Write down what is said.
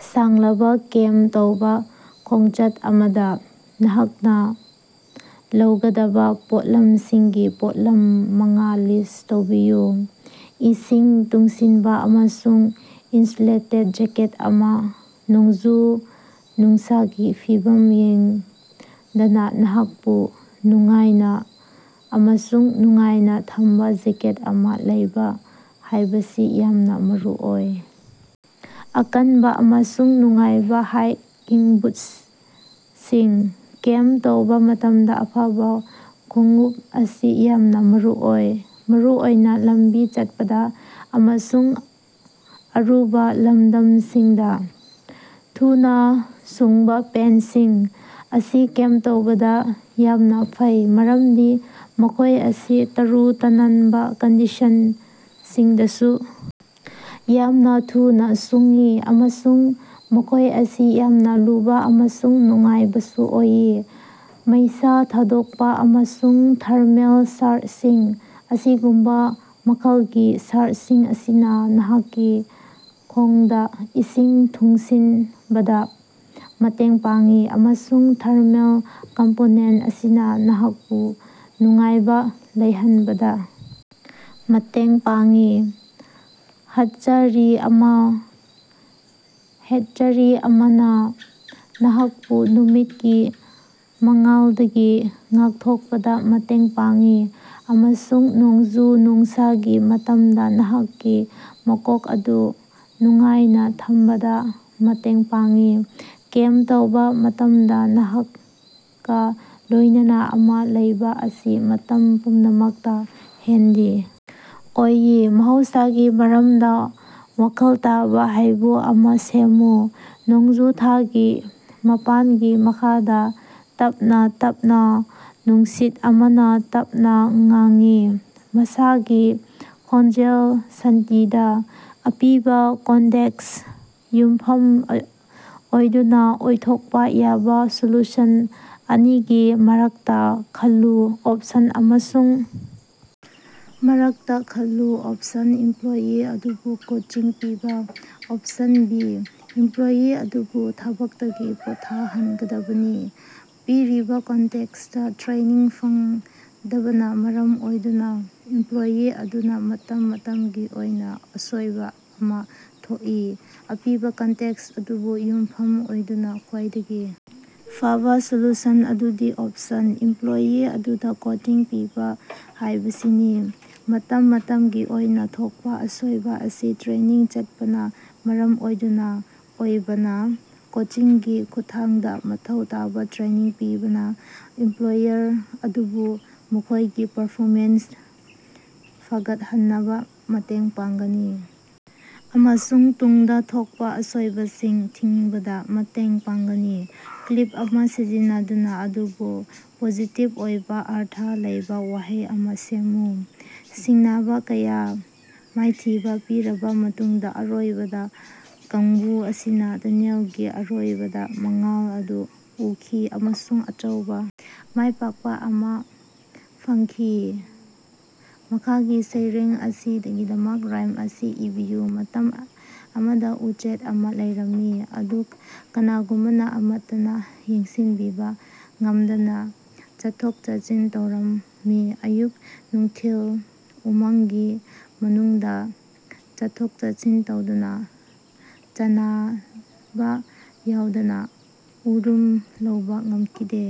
ꯁꯥꯡꯂꯕ ꯀꯦꯝꯞ ꯇꯧꯕ ꯈꯣꯡꯆꯠ ꯑꯃꯗꯥ ꯅꯍꯥꯛꯅ ꯂꯧꯒꯗꯕ ꯄꯣꯠꯂꯝꯁꯤꯡꯒꯤ ꯄꯣꯠꯂꯝ ꯃꯉꯥ ꯂꯤꯁ꯭ꯠ ꯇꯧꯕꯤꯌꯨ꯫ ꯏꯁꯤꯡ ꯇꯨꯡꯁꯤꯟꯕ ꯑꯃꯁꯨꯡ ꯏꯟꯁꯨꯂꯦꯇꯦꯗ ꯖꯦꯀꯦꯠ ꯑꯃꯥ: ꯅꯣꯡꯖꯨ-ꯅꯨꯡꯁꯥꯒꯤ ꯐꯤꯚꯝ ꯌꯦꯡꯗꯅ ꯅꯍꯥꯛꯄꯨ ꯅꯨꯡꯉꯥꯏꯅ ꯑꯃꯁꯨꯡ ꯅꯨꯡꯉꯥꯏꯅ ꯊꯝꯕ ꯉꯝꯕ ꯖꯦꯀꯦꯠ ꯑꯃꯥ ꯂꯩꯕ ꯍꯥꯏꯕꯁꯤ ꯌꯥꯝꯅ ꯃꯔꯨꯑꯣꯏ꯫ ꯑꯀꯟꯕ ꯑꯃꯁꯨꯡ ꯅꯨꯡꯉꯥꯏꯕ ꯍꯥꯏꯀꯤꯡ ꯕꯨꯠꯁꯤꯡ: ꯀꯦꯝꯞ ꯇꯧꯕ ꯃꯇꯝꯗ ꯑꯐꯕ ꯈꯣꯡꯎꯞ ꯑꯁꯤ ꯌꯥꯝꯅ ꯃꯔꯨꯑꯣꯏ, ꯃꯔꯨꯑꯣꯏꯅ ꯂꯝꯕꯤ ꯆꯠꯄꯗ ꯑꯃꯁꯨꯡ ꯑꯔꯨꯕ ꯂꯝꯗꯝꯁꯤꯡꯗ꯫ ꯊꯨꯅ ꯁꯨꯡꯕ ꯄꯦꯟꯠꯁꯤꯡ: ꯃꯁꯤ ꯀꯦꯝꯞ ꯇꯧꯕꯗ ꯌꯥꯝꯅ ꯐꯩ ꯃꯔꯝꯗꯤ ꯃꯈꯣꯏ ꯑꯁꯤ ꯇꯔꯨ ꯇꯅꯥꯟꯕ ꯀꯟꯗꯤꯁꯟꯁꯤꯡꯗꯁꯨ ꯌꯥꯝꯅ ꯊꯨꯅ ꯁꯨꯡꯏ ꯑꯃꯁꯨꯡ ꯃꯈꯣꯏ ꯑꯁꯤ ꯌꯥꯝꯅ ꯂꯨꯕ ꯑꯃꯁꯨꯡ ꯅꯨꯡꯉꯥꯏꯕꯁꯨ ꯑꯣꯏ꯫ ꯃꯩꯁꯥ ꯊꯥꯗꯣꯛꯄꯥ ꯑꯃꯁꯨꯡ ꯊꯔꯃꯦꯜ ꯁꯔꯠꯁꯤꯡ: ꯑꯁꯤꯒꯨꯝꯕ ꯃꯈꯜꯒꯤ ꯁꯔꯠꯁꯤꯡ ꯑꯁꯤꯅ ꯅꯍꯥꯛꯀꯤ ꯈꯣꯡꯗ ꯏꯁꯤꯡ ꯇꯨꯡꯁꯤꯟꯕꯗ ꯃꯇꯦꯡ ꯄꯥꯡꯏ, ꯑꯃꯁꯨꯡ ꯊꯔꯃꯦꯜ ꯀꯝꯄꯣꯅꯦꯟꯇ ꯑꯁꯤꯅ ꯅꯍꯥꯛꯄꯨ ꯅꯨꯡꯉꯥꯏꯕ ꯂꯩꯍꯟꯕꯗ ꯃꯇꯦꯡ ꯄꯥꯡꯏ꯫ ꯍꯦꯠꯆꯔꯤ ꯑꯃꯥ: ꯍꯦꯠꯆꯔꯤ ꯑꯃꯅ ꯅꯍꯥꯛꯄꯨ ꯅꯨꯃꯤꯠꯀꯤ ꯃꯉꯥꯜꯗꯒꯤ ꯉꯥꯛꯊꯣꯛꯄꯗꯥ ꯃꯇꯦꯡ ꯄꯥꯡꯏ ꯑꯃꯁꯨꯡ ꯅꯣꯡꯖꯨ-ꯅꯨꯡꯁꯥꯒꯤ ꯃꯇꯝꯗ ꯅꯍꯥꯛꯀꯤ ꯃꯀꯣꯛ ꯑꯗꯨ ꯅꯨꯡꯉꯥꯏꯅ ꯊꯝꯕꯗ ꯃꯇꯦꯡ ꯄꯥꯡꯏ꯫ ꯀꯦꯝꯞ ꯇꯧꯕ ꯃꯇꯝꯗ ꯅꯍꯥꯛꯀ ꯂꯣꯏꯅꯅ ꯑꯃꯥ ꯂꯩꯕ ꯑꯁꯤ ꯃꯇꯝ ꯄꯨꯝꯅꯃꯛꯇ ꯍꯦꯟꯗꯤ ꯑꯣꯏ꯫ ꯃꯍꯧꯁꯥꯒꯤ ꯃꯔꯝꯗ ꯋꯥꯈꯜ ꯇꯥꯕ ꯍꯥꯏꯀꯨ ꯑꯃꯥ ꯁꯦꯝꯃꯨ꯫ ꯅꯣꯡꯖꯨ ꯊꯥꯒꯤ ꯃꯄꯥꯟꯒꯤ ꯃꯈꯥꯗ, ꯇꯞꯅ ꯇꯞꯅ ꯅꯨꯡꯁꯤꯠ ꯑꯃꯅ ꯇꯞꯅ ꯉꯥꯡꯏ, ꯃꯍꯧꯁꯥꯒꯤ ꯈꯣꯟꯖꯦꯜ ꯁꯥꯟꯇꯤꯗ꯫ ꯑꯄꯤꯕ ꯀꯟꯇꯦꯛꯁꯇ ꯌꯨꯝꯐꯝ ꯑꯣꯏꯗꯨꯅ ꯑꯣꯏꯊꯣꯛꯄ ꯌꯥꯕ ꯁꯣꯂꯨꯁꯟ ꯑꯅꯤꯒꯤ ꯃꯔꯛꯇꯥ ꯈꯜꯂꯨ꯫ ꯑꯣꯞꯁꯟ ꯑꯃꯁꯨꯡ ꯃꯔꯛꯇ ꯈꯜꯂꯨ, ꯑꯣꯞꯁꯟ: ꯏꯝꯄ꯭ꯂꯣꯌꯤ ꯑꯗꯨꯗ ꯀꯣꯆꯤꯡ ꯄꯤꯕ꯫ ꯑꯣꯞꯁꯟ ꯕꯤ: ꯏꯝꯄ꯭ꯂꯣꯌꯤ ꯑꯗꯨꯕꯨ ꯊꯕꯛꯇꯒꯤ ꯄꯣꯠꯊꯥꯍꯟꯒꯗꯕꯅꯤ꯫ ꯄꯤꯔꯤꯕ ꯀꯟꯇꯦꯛꯁꯠ: ꯇ꯭ꯔꯦꯅꯤꯡ ꯐꯪꯗꯕꯅ ꯃꯔꯝ ꯑꯣꯏꯗꯨꯅ ꯏꯝꯄ꯭ꯂꯣꯌꯤ ꯑꯗꯨꯅ ꯃꯇꯝ ꯃꯇꯝꯒꯤ ꯑꯣꯏꯅ ꯑꯁꯣꯏꯕ ꯑꯃꯥ ꯊꯣꯛꯏ꯫ ꯑꯄꯤꯕ ꯀꯟꯇꯦꯛꯁ ꯑꯗꯨꯗ ꯌꯨꯝꯐꯝ ꯑꯣꯏꯗꯨꯅ, ꯈ꯭ꯋꯥꯏꯗꯒꯤ ꯐꯕꯥ ꯁꯣꯂꯨꯁꯟ ꯑꯗꯨꯗꯤ ꯑꯣꯞꯁꯟ: ꯏꯝꯄ꯭ꯂꯣꯌꯤ ꯑꯗꯨꯗ ꯀꯣꯆꯤꯡ ꯄꯤꯕ ꯍꯥꯏꯕꯁꯤꯅꯤ꯫ ꯃꯇꯝ ꯃꯇꯝꯒꯤ ꯑꯣꯏꯅ ꯊꯣꯛꯄꯥ ꯑꯁꯣꯏꯕ ꯑꯁꯤ ꯇ꯭ꯔꯦꯅꯤꯡ ꯋꯥꯠꯄꯅ ꯃꯔꯝ ꯑꯣꯏꯗꯨꯅ ꯑꯣꯏꯕꯅ, ꯀꯣꯆꯤꯡꯒꯤ ꯈꯨꯠꯊꯥꯡꯗ ꯃꯊꯧ ꯇꯥꯕ ꯇ꯭ꯔꯦꯅꯤꯡ ꯄꯤꯕꯅ ꯑꯦꯝꯄ꯭ꯂꯣꯌꯔ ꯑꯗꯨꯕꯨ ꯃꯈꯣꯏꯒꯤ ꯄꯔꯐꯣꯃꯦꯟꯁ ꯐꯒꯠꯍꯟꯕꯗ ꯃꯇꯦꯡ ꯄꯥꯡꯒꯅꯤ ꯑꯃꯁꯨꯡ ꯇꯨꯡꯗ ꯊꯣꯛꯄ ꯑꯁꯣꯏꯕꯁꯤꯡ ꯊꯤꯡꯕꯗ ꯃꯇꯦꯡ ꯄꯥꯡꯒꯅꯤ꯫ ꯀ꯭ꯂꯤꯆ ꯑꯃꯥ ꯁꯤꯖꯤꯟꯅꯗꯨꯅ ꯑꯗꯨꯕꯨ ꯄꯣꯖꯤꯇꯤꯕ ꯑꯣꯏꯕ ꯑꯔꯊ ꯂꯩꯕ ꯋꯥꯍꯩ ꯑꯃ ꯁꯦꯝꯃꯨ꯫ ꯁꯤꯡꯅꯕ ꯀꯌꯥ ꯃꯥꯏꯊꯤꯕ ꯄꯤꯔꯕ ꯃꯇꯨꯡꯗ ꯑꯔꯣꯏꯕꯗ ꯀꯥꯡꯕꯨ ꯑꯁꯤꯅ ꯇꯅꯦꯜꯒꯤ ꯑꯔꯣꯏꯕꯗ ꯃꯉꯥꯜ ꯑꯗꯨ ꯎꯈꯤ ꯑꯃꯁꯨꯡ ꯑꯆꯧꯕ ꯃꯥꯏꯄꯥꯛꯄ ꯑꯃꯥ ꯐꯪꯈꯤ꯫ ꯃꯈꯥꯒꯤ ꯁꯩꯔꯦꯡ ꯑꯁꯤꯒꯤꯗꯃꯛ ꯔꯥꯏꯝ ꯁ꯭ꯀꯤꯝ ꯑꯁꯤ ꯏꯕꯤꯌꯨ꯫ ꯃꯇꯝ ꯑꯃꯗ ꯎꯆꯦꯛ ꯑꯃ ꯂꯩꯔꯝꯃꯤ ꯃꯗꯨ ꯀꯅꯥꯒꯨꯝꯕ ꯑꯃꯠꯇꯅ ꯌꯦꯡꯁꯤꯟꯕꯤꯕ ꯉꯝꯗꯅ ꯆꯠꯊꯣꯛ-ꯆꯠꯁꯤꯟ ꯇꯧꯔꯝꯃꯤ ꯑꯌꯨꯛ-ꯅꯨꯡꯊꯤꯜ ꯎꯃꯪꯒꯤ ꯃꯅꯨꯡꯗ ꯆꯠꯊꯣꯛ-ꯆꯠꯁꯤꯟ ꯇꯧꯗꯨꯅ ꯆꯥꯅꯕ ꯌꯥꯎꯗꯅ ꯎꯔꯨꯝ ꯂꯧꯕ ꯉꯝꯈꯤꯗꯦ꯫